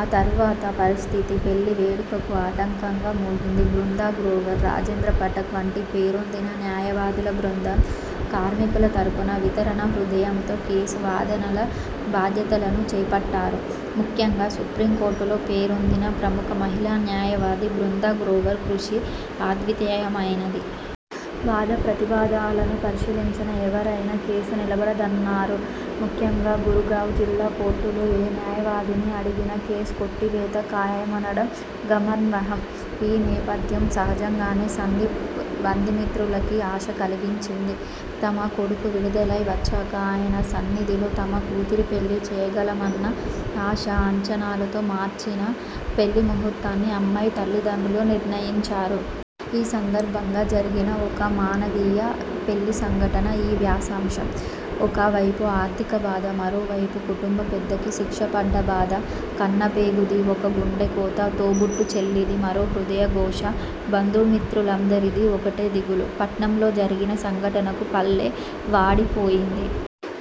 ఆ తర్వాత పరిస్థితి పెళ్ళి వేడుకకు ఆటంకంగా మోగింది. బృందా గ్రోవర్, రాజేంద్ర పాఠక్ వంటి పేరొందిన న్యాయవాదుల బృందం, కార్మికుల తరపున వితరణ హృదయంతో కేసు వాదనల బాధ్యతలను చేపట్టారు. ముఖ్యంగా సుప్రీం కోర్టులో పేరొందిన ప్రముఖ మహిళా న్యాయవాది బృందా గ్రోవర్ కృషి అద్వితీయమైనది. వాద ప్రతివాదనలను పరిశీలించిన ఎవరైనా కేసు నిలబడదన్నారు. ముఖ్యంగా గురుగావ్ జిల్లా కోర్టులో ఏ న్యాయవాదిని అడిగినా కేసు కొట్టివేత ఖాయమనడం గమనార్హం. ఈ నేపథ్యం, సహజంగానే సందీప్ బంధుమిత్రులకీ ఆశ కలిగించింది. తమ కొడుకు విడుదలై వచ్చాక ఆయన సన్నిధిలో తమ కూతురి పెళ్ళి చేయగలమన్న ఆశ, అంచనాలతో మార్చి న పెళ్ళి ముహుర్తాన్ని అమ్మాయి తల్లిదండ్రులు నిర్ణయించారు. ఈ సందర్భంగా జరిగిన ఒక మానవీయ పెళ్ళి సంఘటన ఈ వ్యాసాంశం. ఒకవైపు ఆర్థిక బాధ. మరోవైపు కుటుంబ పెద్దకి శిక్షపడ్డ బాధ. కన్న పేగుది ఒక గుండెకోత. తోబుట్టు చెల్లిది మరో హృదయ ఘోష. బంధుమిత్రులందరిదీ ఒకటే దిగులు. పట్నంలో జరిగిన సంఘటనకు పల్లె వాడి పోయింది.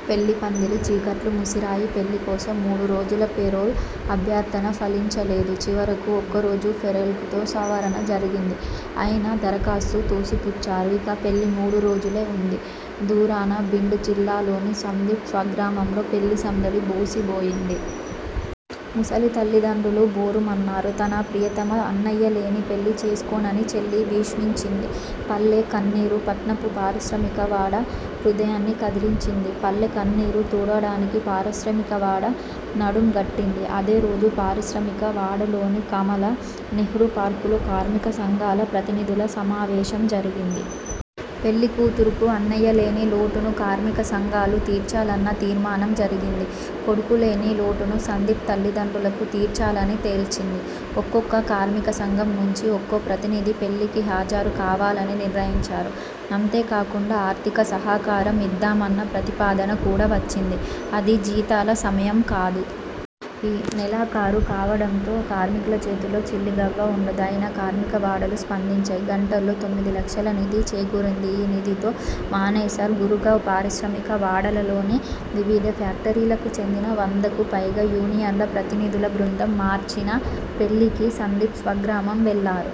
పెళ్ళి పందిరి చీకట్లు ముసిరాయి. పెళ్ళి కోసం మూడు రోజుల పెరోల్ అభ్యర్థన ఫలించలేదు. చివరకు ఒక్కరోజు పేరోల్కై సవరణ జరిగింది. అయినా దరఖాస్తు తోసిపుచ్చారు. ఇక పెళ్ళి మూడు రోజులే వుంది. దూరాన బిండ్ జిల్లాలోని సందీప్ స్వగ్రామంలో పెళ్ళి సందడి బోసి బోయింది. ముసలి తల్లిదండ్రులు బోరుమన్నారు. తన ప్రియతమ అన్నయ్యలేని పెళ్ళి చేసుకోనని చెల్లి భీష్మించింది. పల్లె కన్నీరు, పట్నపు పారిశ్రామిక వాడ హృదయాన్ని కదిలించింది. పల్లె కన్నీరు తుడవడానికి పారిశ్రామికవాడ నడుం గట్టింది. అదే రోజు పారిశ్రామిక వాడలోని కమలా నెహ్రూ పార్కులో కార్మిక సంఘాల ప్రతినిధుల సమావేశం జరిగింది. పెళ్ళి కూతురుకు అన్నయ్యలేని లోటును కార్మిక సంఘాలు తీర్చాలన్న తీర్మానం జరిగింది. కొడుకులేని లోటును సందీప్ తల్లిదండ్రులకు తీర్చాలని తేల్చింది. ఒక్కొక్క కార్మిక సంఘం నుంచి ఒక్కో ప్రతినిధి పెళ్ళికి హాజరు కావాలని నిర్ణయించారు. అంతేకాకుండా ఆర్థిక సహకారం ఇద్దామన్న ప్రతిపాదన కూడా వచ్చింది. అది జీతాల సమయం కాదు. నెలాఖరు కావడంతో కార్మికుల చేతుల్లో చిల్లిగవ్వ వుండదు. అయినా కార్మికవాడలు స్పందించాయి. గంటల్లో తొమ్మిది లక్షల నిధి చేకూరింది. ఈ నిధితో మానేసర్ గురుగావ్ పారిశ్రామిక వాడలలోని వివిధ ఫ్యాక్టరీలకు చెందిన వందకు పైగా యూనియన్ల ప్రతినిధుల బృందం మార్చి న పెళ్ళికి సందీప్ స్వగ్రామం వెళ్ళారు.